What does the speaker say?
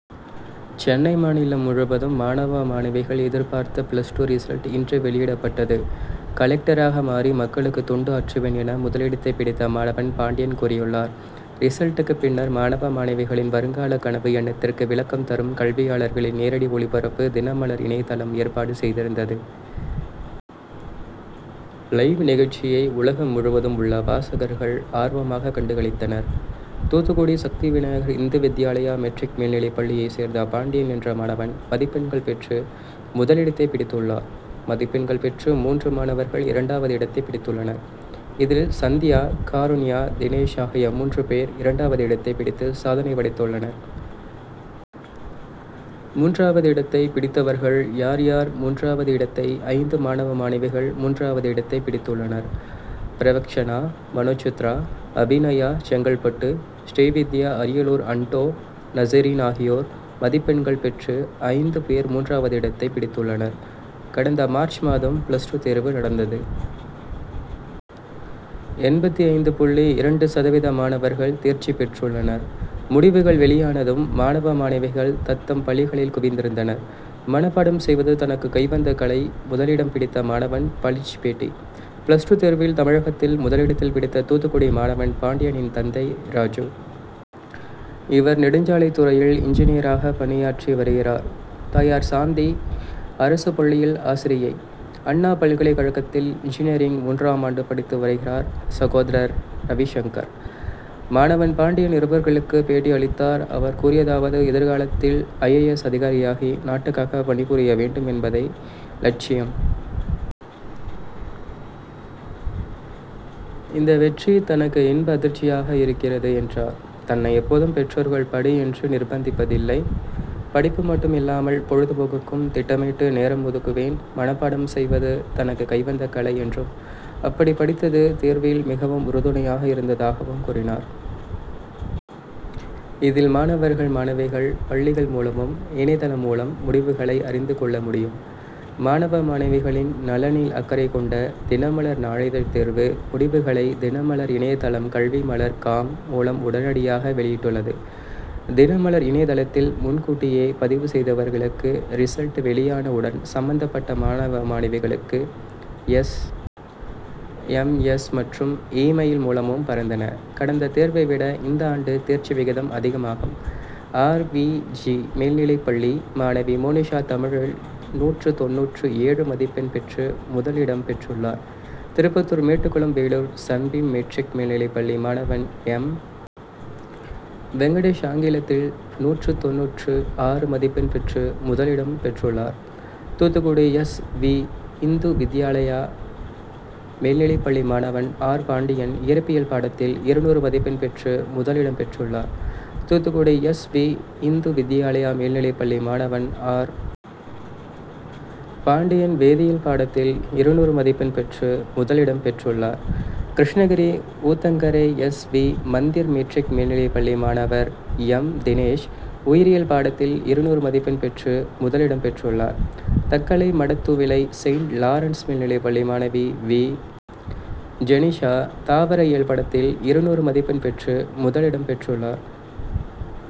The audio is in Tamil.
சென்னை மாநிலம் முழுவதும் மாணவ மாணவிகள் எதிர்பார்த்த பிளஸ் டூ ரிசல்ட் இன்று வெளியிடப்பட்டது. கலெக்டராக மாறி மக்களுக்கு தொண்டு ஆற்றுவேன் என முதலிடத்தை பிடித்த மாணவன் பாண்டியன் கூறியுள்ளார். ரிசல்ட்டுக்கு பின்னர் மாணவ மாணவிகளின் வருங்கால கனவு எண்ணத்திற்கு விளக்கம் தரும் கல்வியாளர்களின் நேரடி ஒளிபரப்பு தினமலர் இணையதளம் ஏற்பாடு செய்திருந்தது. லைவ் நிகழ்ச்சியை உலகம் முழுவதும் உள்ள வாசகர்கள் ஆர்வமாக கண்டுகளித்தனர். தூத்துக்குடி சக்தி விநாயகர் இந்து வித்யாலயா மெட்ரிக் மேல்நிலைப்பள்ளியை சேர்ந்த பாண்டியன் என்ற மாணவன் மதிப்பெண்கள் பெற்று முதலிடத்தை பிடித்துள்ளார். மதிப்பெண்கள் பெற்று மூன்று மாணவர்கள் இரண்டாவது இடத்தை பிடித்துள்ளனர். இதில் சந்தியா காருண்யா தினேஷ் ஆகிய மூன்று பேர் இரண்டாவது இடத்தை பிடித்து சாதனை படைத்துள்ளனர். மூன்றாவது இடத்தை பிடித்தவர்கள் யார் யார் மூன்றாவது இடத்தை ஐந்து மாணவ மாணவிகள் மூன்றாவது இடத்தை பிடித்துள்ளனர். பிரவக்சனா மனோசித்ரா அபிநயா செங்கல்பட்டு ஸ்ரீவித்யா அரியலூர் அண்டோ நசீரின் ஆகியோர் மதிப்பெண்கள் பெற்று ஐந்து பேர் மூன்றாவது இடத்தை பிடித்துள்ளனர். கடந்த மார்ச் மாதம் பிளஸ் டூ தேர்வு நடந்தது. எண்பத்திஐந்து புள்ளி இரண்டு சதவீத மாணவர்கள் தேர்ச்சி பெற்றுள்ளனர். முடிவுகள் வெளியானதும் மாணவ மாணவிகள் தத்தம் பள்ளிகளில் குவிந்திருந்தனர். மணப்பாடம் செய்வது தனக்கு கைவந்த கலை முதலிடம் பிடித்த மாணவன் பளீச் பேட்டி பிளஸ் டூ தேர்வில் தமிழகத்தில் முதலிடம் பிடித்த தூத்துக்குடி மாணவன் பாண்டியனின் தந்தை ராஜூ. இவர் நெடுஞ்சாலைத் துறையில் இன்ஜினியராக பணியாற்றி வருகிறார். தாயார் சாந்தி அரசு பள்ளியில் ஆசிரியை. அண்ணா பல்கலைக்கழகத்தில் இன்ஜினியரிங் மூன்றாம் ஆண்டு படித்து வருகிறார் சகோதரர் ரவி சங்கர். மாணவன் பாண்டியன் நிருபர்களுக்கு பேட்டி அளித்தார். அவர் கூறியதாவது எதிர்காலத்தில் ஐ. ஏ. எஸ். அதிகாரியாகி நாட்டுக்காக பணி புரிய வேண்டும் என்பதை லட்சியம். இந்த வெற்றி தனக்கு இன்ப அதிர்ச்சியாக இருக்கிறது என்றார். தன்னை எப்போதும் பெற்றோர்கள் படி என்று நிர்பந்திப்பதில்லை படிப்பு மட்டும் இல்லாமல் பொழுதுபோக்குக்கும் திட்டமிட்டு நேரம் ஒதுக்குவேன். மணப்பாடம் செய்வது தனக்கு கைவந்த கலை என்றும் அப்படி படித்தது தேர்வில் மிகவும் உறுதுணையாக இருந்ததாகவும் கூறினார். இதில் மாணவர்கள் மாணவிகள் பள்ளிகள் மூலமும் இணையதளம் மூலம் முடிவுகளை அறிந்து கொள்ள முடியும். மாணவ மாணவிகளின் நலனில் அக்கறை கொண்ட தினமலர் நாளிதழ் தேர்வு முடிவுகளை தினமலர் இணையதளம் கல்விமலர் காம் மூலம் உடனடியாக வெளியிட்டுள்ளது. தினமலர் இணையதளத்தில் முன்கூட்டியே பதிவு செய்தவர்களுக்கு ரிசல்ட் வெளியான உடன் சம்பந்தப்பட்ட மாணவ மாணவிகளுக்கு எஸ். எம். எஸ். மற்றும் இ மெயில் மூலமும் பறந்தன. கடந்த தேர்வை விட இந்த ஆண்டு தேர்ச்சி விகிதம் அதிகமாகும். ஆர். வி. ஜி. மேல்நிலைப்பள்ளி மாணவி மோனிஷா தமிழில் நூற்று தொண்ணூற்று ஏழு மதிப்பெண் பெற்று முதல் இடம் பெற்றுள்ளார். திருப்பத்தூர் மேட்டுக்குளம் வேலூர் சன்பீம் மெட்ரிக் மேல்நிலைப்பள்ளி மாணவன் எம். வெங்கடேஷ் ஆங்கிலத்தில் நூற்று தொண்ணூற்று ஆறு மதிப்பெண் பெற்று முதல் இடம் பெற்றுள்ளார். தூத்துக்குடி எஸ். வி. இந்து வித்யாலயா மேல்நிலைப்பள்ளி மாணவன் ஆர். பாண்டியன் இயற்பியல் பாடத்தில் இருநூறு மதிப்பெண் பெற்று முதல் இடம் பெற்றுள்ளார். தூத்துக்குடி எஸ். வி. இந்து வித்யாலயா மேல்நிலைப்பள்ளி மாணவன் ஆர். பாண்டியன் வேதியல் பாடத்தில் இருநூறு மதிப்பெண் பெற்று முதல் இடம் பெற்றுள்ளார். Krishnagiri Uthangarai S. V. Mandir matric மேல்நிலைப்பள்ளி மாணவர் எம். தினேஷ் உயிரியல் பாடத்தில் இருநூறு மதிப்பெண் பெற்று முதல் இடம் பெற்றுள்ளார். தக்கலை மடத்துவிளை செயின்ட் லாரன்ஸ் மேல்நிலைப்பள்ளி மாணவி வி. ஜெனிஷா தாவர இயல் பாடத்தில் இருநூறு மதிப்பெண் பெற்று முதல் இடம் பெற்றுள்ளார்.